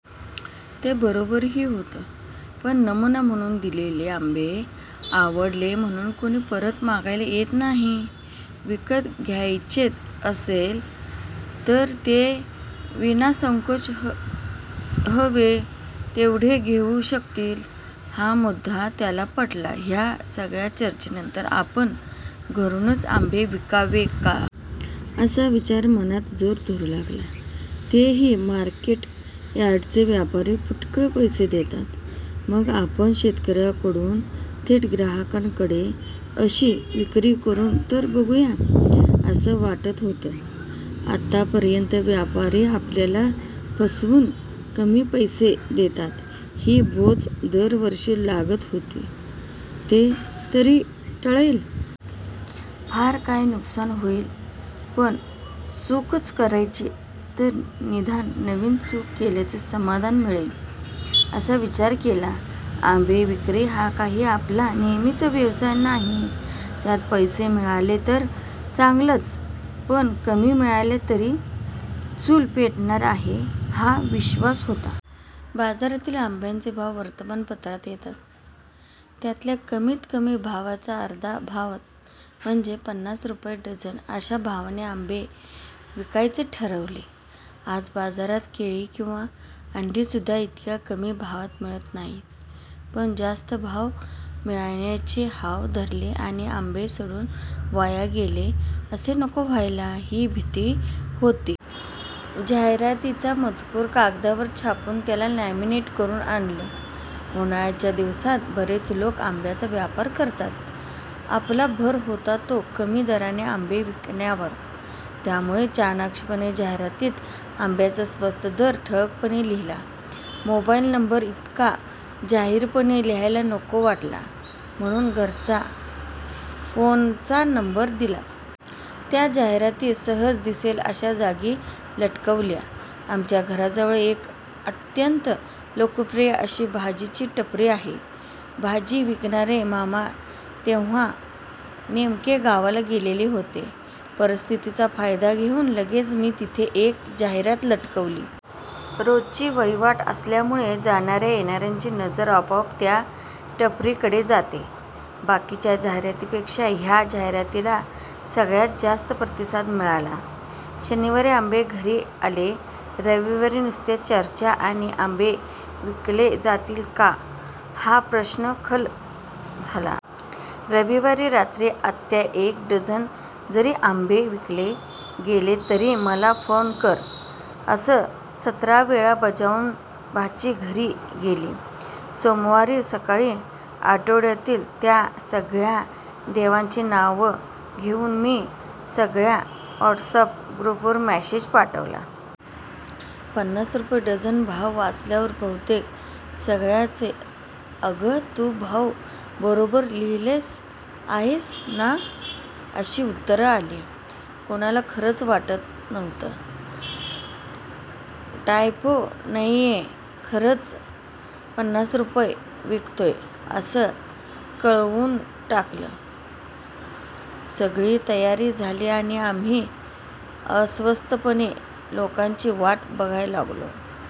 ते बरोबरही होतं. पण नमुना म्हणून दिलेले आंबे आवडले म्हणून कोणी परत मागायला येत नाही. विकत घ्यायचे असले, तर ते विनासंकोच हवे तेवढे घेऊ शकतील, हा मुद्दा त्याला पटला. ह्या सगळ्या चर्चेनंतर आपण घरूनच आंबे विकावे का? असा विचार मनात जोर धरू लागला. तसेही मार्केट यार्डचे व्यापारी फुटकळ पैसे देतात. मग आपण 'शेतकऱ्याकडून थेट ग्राहकांकडे' अशी विक्री करून तर बघूया, असं वाटत होतं. आतापर्यंत व्यापारी आपल्याला फसवून कमी पैसे देतात, ही बोच दरवर्षी लागत होती, ते तरी टळेल. फार काय, नुकसान होईल. पण चूकच करायची, तर निदान नवीन चूक केल्याचं समाधान मिळेल, असा विचार केला. आंबे विक्री हा काही आपला नेहमीचा व्यवसाय नाही. त्यात पैसे मिळाले तर चांगलंच पण कमी मिळाले, तरी चूल पेटणार आहे, हा विश्र्वास होता. बाजारातील आंब्यांचे भाव वर्तमानपत्रात येतात. त्यातल्या कमीतकमी भावाच्या अर्ध्या भावात म्हणजे पन्नास रुपये डझन अशा भावाने आंबे विकायचे ठरवले. आज बाजारात केळी किंवा अंडी सुद्धा इतक्या कमी भावात मिळत नाहीत. पण जास्त भाव मिळायची हाव धरली आणि आंबे सडून वाया गेले, असं नको व्हायला, ही भीती होती. जाहिरातीचा मजकूर कागदावर छापून त्याला लॅमीनेट करून आणलं. उन्हाळ्याच्या दिवसांत बरेच लोक आंब्यांचा व्यापार करतात. आपला भर होत, तो कमी दराने आंबे विकण्यावर. त्यामुळे चाणाक्षपणे जाहिरातीत आंब्यांचा स्वस्त दर ठळकपणे लिहिला. मोबाईल नंबर इतका जाहीरपणे लिहायला नको वाटलं, म्हणून घरच्या फोनचा नंबर दिला. त्या जाहिराती सहज दिसेल, अशा जागी लटकवल्या. आमच्या घराजवळ एक अत्यंत लोकप्रिय अशी भाजीची टपरी आहे. भाजी विकणारे मामा तेव्हा नेमके गावाला गेलेले होते. परिस्थितीचा फायदा घेऊन लगेच मी तिथे एक जाहिरात लटकवली. रोजची वहिवाट असल्यामुळे जाणाऱ्या-येणाऱ्यांची नजर आपोआपच त्या टपरीकडे जाते. बाकीच्या जाहिरातींपेक्षा ह्या जाहिरातीला सगळ्यात जास्त प्रतिसाद मिळाला! शनिवारी आंबे घरी आले. रविवारी नुसत्या चर्चा आणि आंबे विकले जातील का? ह्या प्रश्नांवर खल झाला. रविवारी रात्री 'आत्या, एक डझन जरी आंबे विकले गेले, तरी मला फोन कर' असं सतरा वेळा बजावून भाची घरी गेली. सोमवारी सकाळी आठवतील त्या सगळ्या देवांची नावं घेऊन मी सगळ्या व्हॉट्स अॅप ग्रुपवर मेसेज पाठवला. 'पन्नास रुपये डझन' भाव वाचल्यावर बहुतेक सगळ्यांचे 'अग, तू भाव बरोबर लिहिला आहेस ना? ' अशी उत्तरं आली! कोणाला खरंच वाटत नव्हतं. 'टायपो नाहीये. खरंच पन्नास रुपयांत विकतोय, असं कळवून टाकलं. सगळी तयारी झाली आणि आम्ही अस्वस्थपणे लोकांची वाट बघायला लागलो.